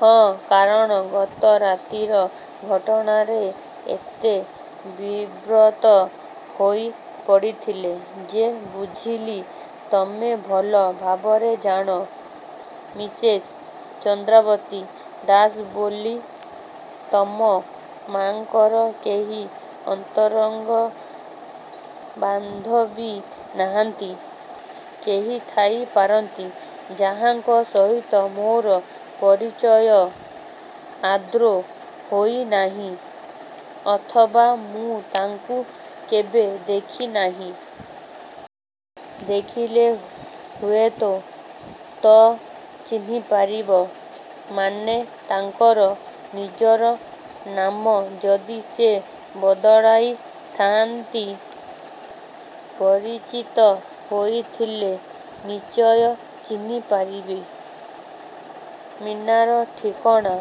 ହଁ, କାରଣ ଗତ ରାତିର ଘଟଣାରେ ଏତେ ବିବ୍ରତ ହୋଇପଡ଼ିଥିଲି ଯେ... ବୁଝିଲି। ତମେ ଭଲ ଭାବରେ ଜାଣ ମିସେସ୍ ଚନ୍ଦ୍ରାବତୀ ଦାସ ବୋଲି ତମ ମାଆଙ୍କର କେହି ଅନ୍ତରଙ୍ଗ ବାନ୍ଧବୀ ନାହାନ୍ତି? କେହି ଥାଇପାରନ୍ତି, ଯାହାଙ୍କ ସହିତ ମୋର ପରିଚୟ ଆଦୌ ହୋଇନାହିଁ ଅଥବା ମୁଁ ତାଙ୍କୁ କେବେ ଦେଖିନାହିଁ। ଦେଖିଲେ ହୁଏ ତ ଚିହ୍ନିପାରିବ... ମାନେ, ତାଙ୍କର ନିଜର ନାମ ଯଦି ସେ ବଦଳାଇ ଥାଆନ୍ତି... ପରିଚିତ ହୋଇଥିଲେ ନିଶ୍ଚିୟ ଚିହ୍ନିପାରିବି। ମୀନାର ଠିକଣା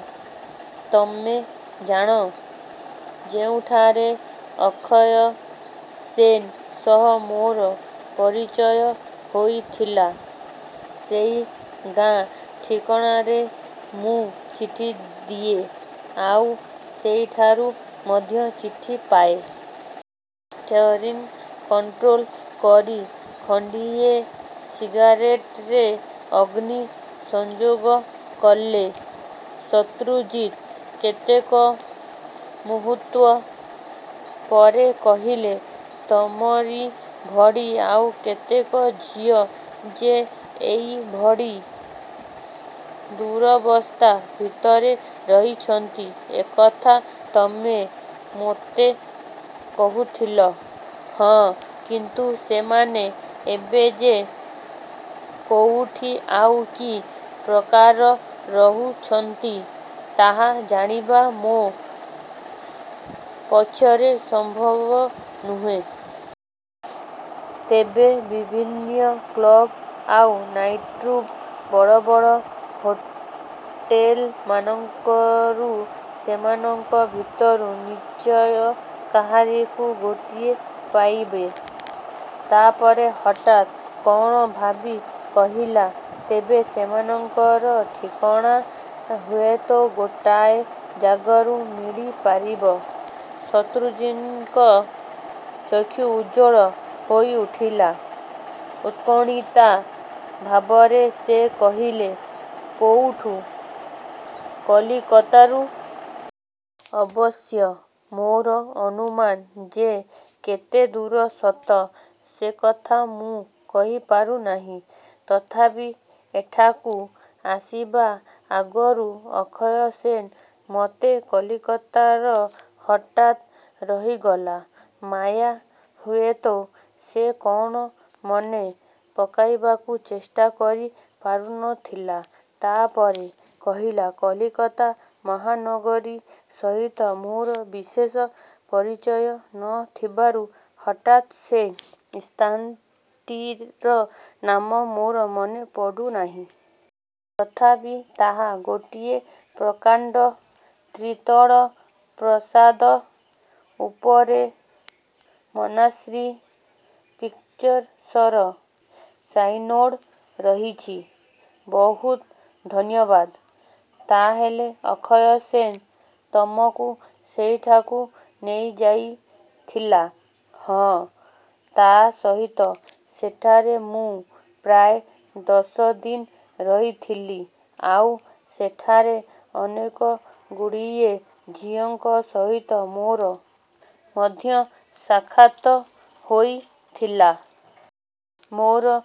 ତମେ ଜାଣ? ଯୋଉଁଠାରେ ଅକ୍ଷୟ ସେନ୍ ସହ ମୋର ପରିଚୟ ହୋଇଥିଲା, ସେଇ ଗାଆଁ ଠିକଣାରେ ମୁଁ ଚିଠି ଦିଏ, ଆଉ ସେଇଠାରୁ ମଧ୍ୟ ଚିଠି ପାଏ। ଷ୍ଟିଅରିଂ କଣ୍ଟ୍ରୋଲ କରି ଖଣ୍ଡିଏ ସିଗାରେଟରେ ଅଗ୍ନି ସଂଯୋଗ କଲେ ଶତ୍ରୁଜିତ୍। କେତେକ ମୁହୂର୍ତ୍ତ ପରେ କହିଲେ—ତମରି ଭଳି ଆଉ କେତେକ ଝିଅ ଯେ ଏଇଭଳି ଦୁରବସ୍ଥା ଭିତରେ ରହିଛନ୍ତି, ଏକଥା ତମେ ମୋତେ କହୁଥିଲ? ହଁ। କିନ୍ତୁ ସେମାନେ ଏବେ ଯେ କୋଉଠି ଆଉ କି ପ୍ରକାର ରହୁଛନ୍ତି ତାହା ଜାଣିବା ମୋ ପକ୍ଷରେ ସମ୍ଭବ ନୁହେଁ। ତେବେ ବିଭିନ୍ନ କ୍ଲବ୍ ଆଉ ନାଇଟ୍କ୍ଲବ୍, ବଡ଼ବଡ଼ ହୋଟେଲମାନଙ୍କରୁ ସେମାନଙ୍କ ଭିତରୁ ନିଶ୍ଚୟ କାହାରିକୁ ଗୋଟିଏ ପାଇବେ। ତା'ପରେ ହଠାତ୍ କ'ଣ ଭାବି କହିଲା–ତେବେ ସେମାନଙ୍କର ଠିକଣା ହୁଏତ ଗୋଟାଏ ଜାଗାରୁ ମିଳିପାରିବ? ଶତ୍ରୁଜିତଙ୍କ ଚକ୍ଷୁ ଉଜ୍ଜ୍ୱଳ ହୋଇଉଠିଲା। ଉତ୍କଣ୍ଠିତା ଭାବରେ ସେ କହିଲେ–କୋଉଠୁ-? କଲିକତାରୁ... ଅବଶ୍ୟ ମୋର ଅନୁମାନ ଯେ କେତେଦୂର ସତ ସେକଥା ମୁଁ କହିପାରୁନାହିଁ। ତଥାପି ଏଠାକୁ ଆସିବା ଆଗରୁ ଅକ୍ଷୟ ସେନ୍ ମୋତେ କଲିକତାର ହଠାତ୍ ରହିଗଲା ମାୟା; ହୁଏତ ସେ କ'ଣ ମନେ ପକାଇବାକୁ ଚେଷ୍ଟା କରି ପାରୁ ନ ଥିଲା। ତା'ପରେ କହିଲା—କଲିକତା ମହାନଗରୀ ସହିତ ମୋର ବିଶେଷ ପରିଚୟ ନ ଥିବାରୁ ହଠାତ୍ ସେ ସ୍ଥାନଟିର ନାମ ମୋର ମନେ ପଡ଼ୁନାହିଁ। ତଥାପି ତାହା ଗୋଟିଏ ପ୍ରକାଣ୍ଡ ତ୍ରିତଳ ପ୍ରାସାଦ। ଉପରେ 'ମନାଶ୍ରୀ' ପିକ୍ଚରସର ସାଇନ୍ବୋର୍ଡ ରହିଛି। ବହୁତ ଧନ୍ୟବାଦ। ତା'ହେଲେ ଅକ୍ଷୟ ସେନ୍ ତମକୁ ସେଠାକୁ ନେଇଯାଇଥିଲା? ହଁ। ତା' ସହିତ ସେଠାରେ ମୁଁ ପ୍ରାୟ ଦଶଦିନ ରହିଥିଲି। ଆଉ ସେଠାରେ ଅନେକଗୁଡ଼ିଏ ଝିଅଙ୍କ ସହିତ ମୋର ମଧ୍ୟ ସାକ୍ଷାତ୍ ହୋଇଥିଲା। ମୋର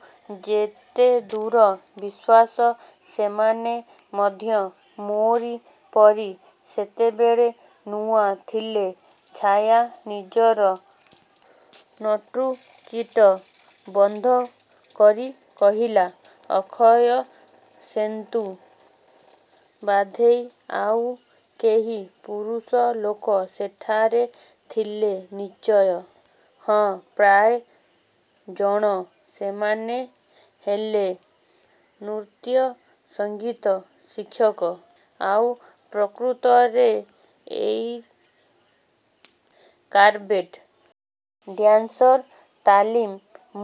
ଯେତେଦୂର ବିଶ୍ୱାସ ସେମାନେ ମଧ୍ୟ ମୋ'ରି ପରି ସେତେବେଳେ ନୂଆ ଥିଲେ। ଛାୟା ନିଜର ନୋଟ୍ବୁକ୍ଟି ବନ୍ଦ କରି କହିଲା—ଅକ୍ଷୟ ସେନ୍କୁ ବାଦ୍ଦେଇ ଆଉ କେହି ପୁରୁଷ ଲୋକ ସେଠାରେ ଥିଲେ ନିଶ୍ଚୟ? ହଁ, ପ୍ରାୟ। ଜଣ। ସେମାନେ ହେଲେ ନୃତ୍ୟସଙ୍ଗୀତ ଶିକ୍ଷକ। ଆଉ ପ୍ରକୃତରେ ଏଇ କାରବେଟ୍। ଡ୍ୟାନ୍ସର ତାଲିମ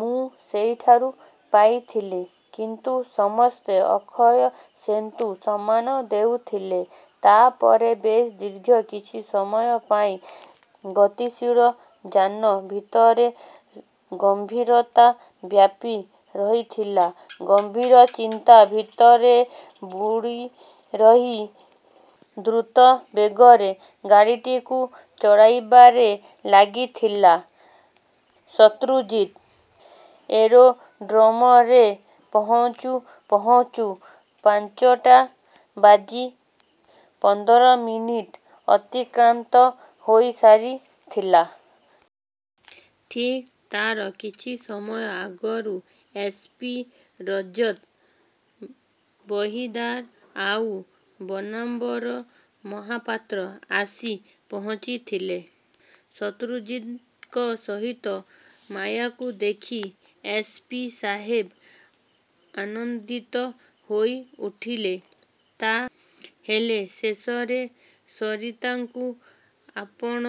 ମୁଁ ସେଇଠାରୁ ପାଇଥିଲି। କିନ୍ତୁ ସମସ୍ତେ ଅକ୍ଷୟ ସେନ୍କୁ ସମ୍ମାନ ଦେଉଥିଲେ। ତା'ପରେ ବେଶ୍ ଦୀର୍ଘ କିଛି ସମୟ ପାଇଁ ଗତିଶୀଳ ଯାନ ଭିତରେ ଗମ୍ଭୀରତା ବ୍ୟାପି ରହିଥିଲା। ଗଭୀର ଚିନ୍ତା ଭିତରେ ବୁଡ଼ିରହି ଦ୍ରୁତବେଗରେ ଗାଡ଼ିଟିକୁ ଚଳାଇବାରେ ଲାଗିଥିଲେ ଶତ୍ରୁଜିତ୍। ଏରୋଡ୍ରୋମରେ ପହଞ୍ଚୁ ପହଞ୍ଚୁ ପାଞ୍ଚଟା ବାଜି ପନ୍ଦର ମିନିଟ୍ ଅତିକ୍ରାନ୍ତ ହୋଇସାରିଥିଲା-। ଠିକ୍ ତା'ର କିଛି ସମୟ ଆଗରୁ ଏସ୍. ପି. ରଜତ ବହିଦାର ଆଉ ବାନାମ୍ବର ମହାପାତ୍ର ଆସି ପହଞ୍ଚିଥିଲେ। ଶତ୍ରୁଜିତ୍ଙ୍କ ସହିତ ମାୟାକୁ ଦେଖି ଏସ୍. ପି. ସାହେବ ଆନନ୍ଦିତ ହୋଇଉଠିଲେ—ତା' ହେଲେ ଶେଷରେ ସରିତାଙ୍କୁ ଆପଣ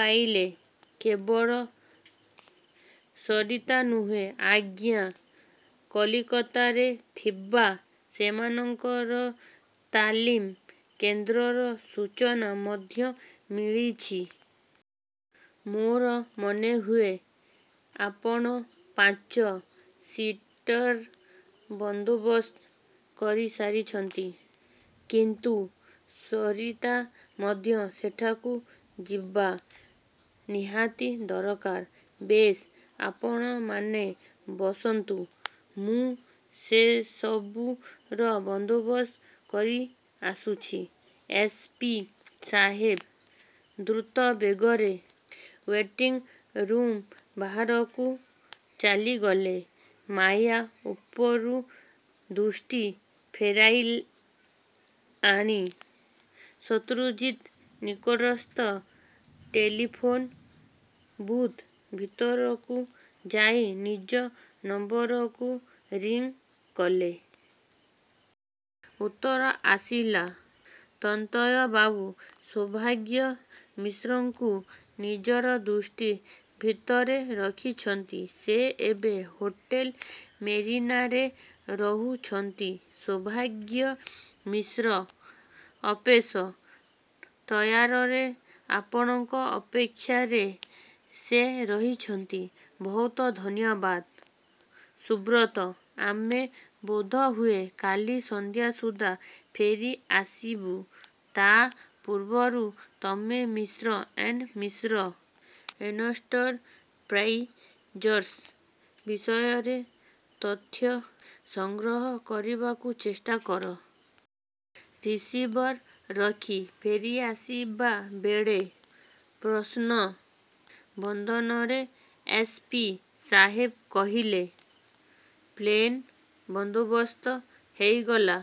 ପାଇଲେ? କେବଳ ସରିତା ନୁହେ, ଆଜ୍ଞା କଲିକତାରେ ଥିବା ସେମାନଙ୍କର ତାଲିମ କେନ୍ଦ୍ରର ସୂଚନା ମଧ୍ୟ ମିଳିଛି। ମୋର ମନେହୁଏ ଆପଣ ପାଞ୍ଚ ସିଟର୍ର ବନ୍ଦୋବସ୍ତ କରିସାରିଛନ୍ତି। କିନ୍ତୁ ସରିତା ମଧ୍ୟ ସେଠାକୁ ଯିବା ନିହାତି ଦରକାର। ବେଶ୍ ଆପଣମାନେ ବସନ୍ତୁ। ମୁଁ ସେସବୁର ବନ୍ଦୋବସ୍ତ କରିଆସୁଛି। ଏସ୍. ପି. ସାହେବ ଦ୍ରୁତବେଗରେ ଓ୍ୱେଟିଂ ରୂମ୍ରୁ ବାହାରକୁ ଚାଲିଗଲେ। ମାୟା ଉପରୁ ଦୃଷ୍ଟି ଫେରାଇଆଣି ଶତ୍ରୁଜିତ୍ ନିକଟସ୍ଥ ଟେଲିଫୋନ୍ ବୁଥ୍ ଭିତରକୁ ଯାଇ ନିଜ ନମ୍ବରକୁ ରିଂ କଲେ। ଉତ୍ତର ଆସିଲା—ତନ୍ମୟବାବୁ ସୌଭାଗ୍ୟ ମିଶ୍ରଙ୍କୁ ନିଜର ଦୃଷ୍ଟି ଭିତରେ ରଖିଛନ୍ତି। ସେ ଏବେ ହୋଟେଲ 'ମେରୀନା'ରେ ରହୁଛନ୍ତି। ସୌଭାଗ୍ୟ ମିଶ୍ର ଅପ୍ଷ୍ଟେୟାରରେ। ଆପଣଙ୍କ ଅପେକ୍ଷାରେ ସେ ରହିଛନ୍ତି। ବହୁତ ଧନ୍ୟବାଦ, ସୁବ୍ରତ! ଆମେ ବୋଧହୁଏ କାଲି ସଂଧ୍ୟା ସୁଦ୍ଧା ଫେରିଆସିବୁଁ। ତା' ପୂର୍ବରୁ ତମେ ମିଶ୍ର ଏଣ୍ଡ୍ ମିଶ୍ର ଏଣ୍ଟରପ୍ରାଇଜର୍ସ ବିଷୟରେ ତଥ୍ୟ ସଂଗ୍ରହ କରିବାକୁ ଚେଷ୍ଟା କର। ରିସିଭର ରଖି ଫେରିଆସିବା ବେଳେ ପ୍ରସନ୍ନ ବଦନରେ ଏସ୍. ପି. ସାହେବ କହିଲେ—ପ୍ଲେନ୍ର ବନ୍ଦୋବସ୍ତ ହେଇଗଲା।